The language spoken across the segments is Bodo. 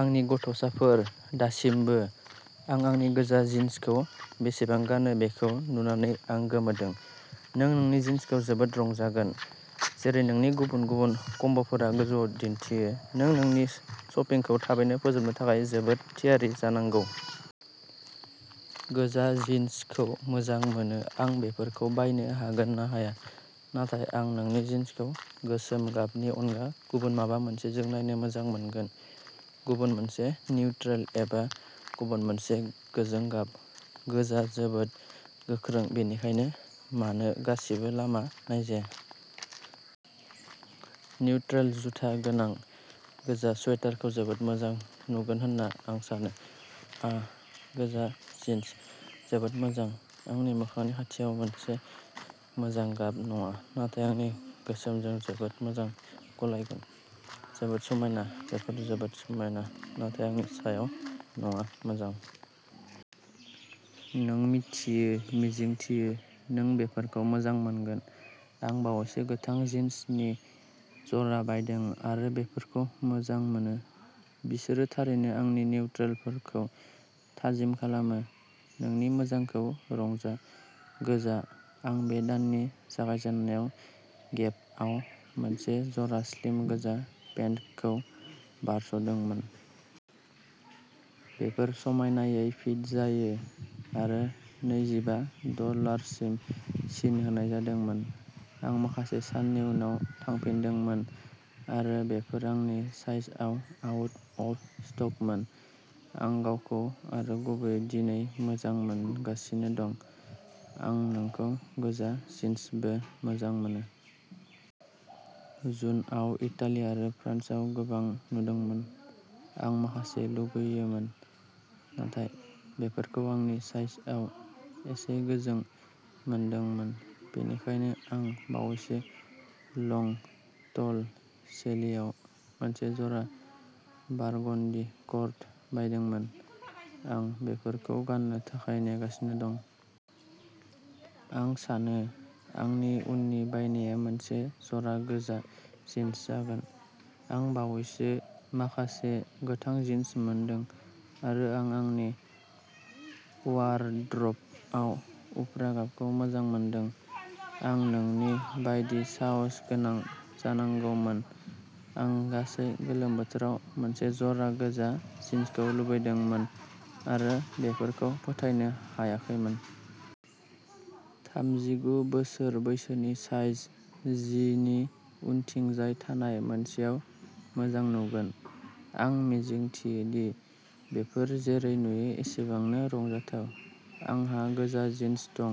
आंनि गथ'साफोर दासिमबो। आं आंनि गोजा जिनसखौ बेसेबां गानो बेखौ नुनानै आं गोमोदों। नों नोंनि जिनसखौ जोबोद रंजागोन। जेरै नोंनि गुबुन गुबुन कम्ब’फोरा गोजौआव दिनथियो। नों नोंनि शपिंखौ थाबैनो फोजोबनो थाखाय जोबोद थियारि जानांगौ। गोजा जिनसखौ मोजां मोनो। आं बेफोरखौ बायनो हागोन ना हाया? नाथाय आं नोंनि जिनसखौ गोसोम गाबनि अनगा गुबुन माबा मोनसेजों नायनो मोजां मोनगोन। गुबुन मोनसे निउट्रेल एबा गुबुन मोनसे गोजों गाब। गोजा जोबोद गोख्रों, बेनिखायनो मानो गासिबो लामा नायजाया। निउट्रेल जुथा गोनां गोजा स्वेटार खौ जोबोद मोजां नुगोन होनना आं सानो। आह गोजा जिन्स। जोबोद मोजां। आंनि मोखांनि खाथियाव मोनसे मोजां गाब नङा, नाथाय आंनि गोसोमजों जोबोद मोजां गलायगोन, जोबोद समायना बेफोर जोबोद समायना, नाथाय आंनि सायाव नङा मोजां। नों मिथियो मिजिंथियो नों बेफोरखौ मोजां मोनगोन। आं बावैसो गोथां जिनसनि जरा बायदों आरो बेफोरखौ मोजां मोनो। बिसोरो थारैनो आंनि निउट्रेलफोरखौ थाजिम खालामो। नोंनि मोजांखौ रंजा। गोजा आं बे दाननि जागायजेननायाव गेपआव मोनसे जरा स्लिम गोजा पेन्टखौ बारस'दोंमोन। बेफोर समायनायै फिट जायो आरो नैजिबा डलारसिम सिन होनाय जादोंमोन। आं माखासे साननि उनाव थांफिनदोंमोन आरो बेफोर आंनि साइजआव आउट अफ स्टकमोन। आं गावखौ आरो गुबैयै दिनै मोजां मोनगासिनो दं। आं नोंखौ गोजा जिन्सबो मोजां मोनो। जुनआव इटाली आरो फ्रान्सआव गोबां नुदोंमोन। आं माखासे लुगैयोमोन। नाथाय बेफोरखौ आंनि साइजआव एसे गोजों मोनदोंमोन। बेनिखायनो आं बावैसो लं टल सेलिआव मोनसे जरा बारगनदि कर्ड बायदोंमोन। आं बेफोरखौ गाननो थाखाय नेगासिनो दं। आं सानो आंनि उननि बायनाया मोनसे जरा गोजा जिन्स जागोन। आं बावैसो माखासे गोथां जिन्स मोनदों आरो आं आंनि वारद्रबआव उफ्रा गाबखौ मोजां मोनदों। आं नोंनि बायदि साहसगोनां जानांगौमोन। आं गासै गोलोम बोथोराव मोनसे जरा गोजा जिन्सखौ लुबैदोंमोन आरो बेफोरखौ फोथायनो हायाखैमोन। थामजिगु बोसोर बैसोनि साइज जि नि उनथिंजाय थानाय मोनसेआव मोजां नुगोन। आं मिजिंथियो दि बेफोर जेरै नुयो एसेबांनो रंजाथाव। आंहा गोजा जिन्स दं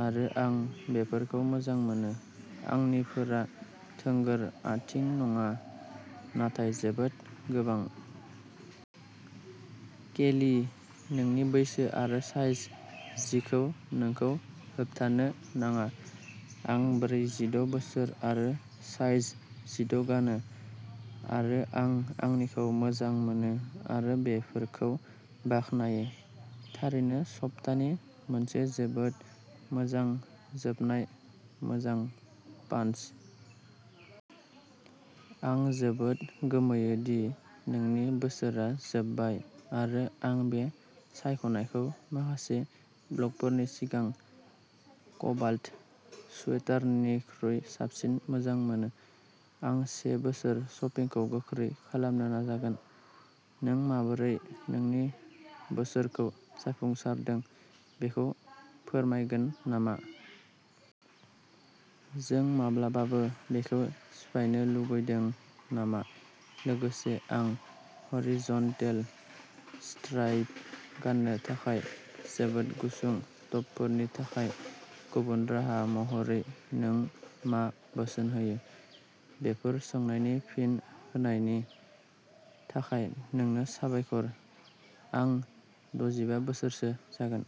आरो आं बेफोरखौ मोजां मोनो। आंनिफोरा थोंगोर आथिं नङा नाथाय जोबोद गोबां। केली, नोंनि बैसो आरो साइज जि खौ नोंखौ होबथानो नाङा। आं ब्रैजिद’ बोसोर आरो साइज जिद’ गानो आरो आं आंनिखौ मोजां मोनो आरो बेफोरखौ बाखनायो। थारैनो सपतानि मोनसे जोबोद मोजां जोबनाय मोजां पानस। आं जोबोद गोमोयो दि नोंनि बोसोरआ जोबबाय आरो आं बे सायख'नायखौ माखासे ब्लगफोरनि सिगां क'बाल्ट स्वेटारनिख्रुइ साबसिन मोजां मोनो। आं से बोसोर शपिंखौ गोख्रै खालामनो नाजागोन। नों माबोरै नोंनि बोसोरखौ जाफुंसारदों बेखौ फोरमायगोन नामा? जों माब्लाबाबो बेखौ सिफायनो लुबैदों नामा? लोगोसे, आं ह'रिजनटेल स्ट्राइप गाननो थाखाय जोबोद गुसुं टपफोरनि थाखाय गुबुन राहा महरै नों मा बोसोन होयो? बेफोर सोंनायनि फिन होनायनि थाखाय नोंनो साबायखर। आं द’जिबा बोसोरसो जागोन।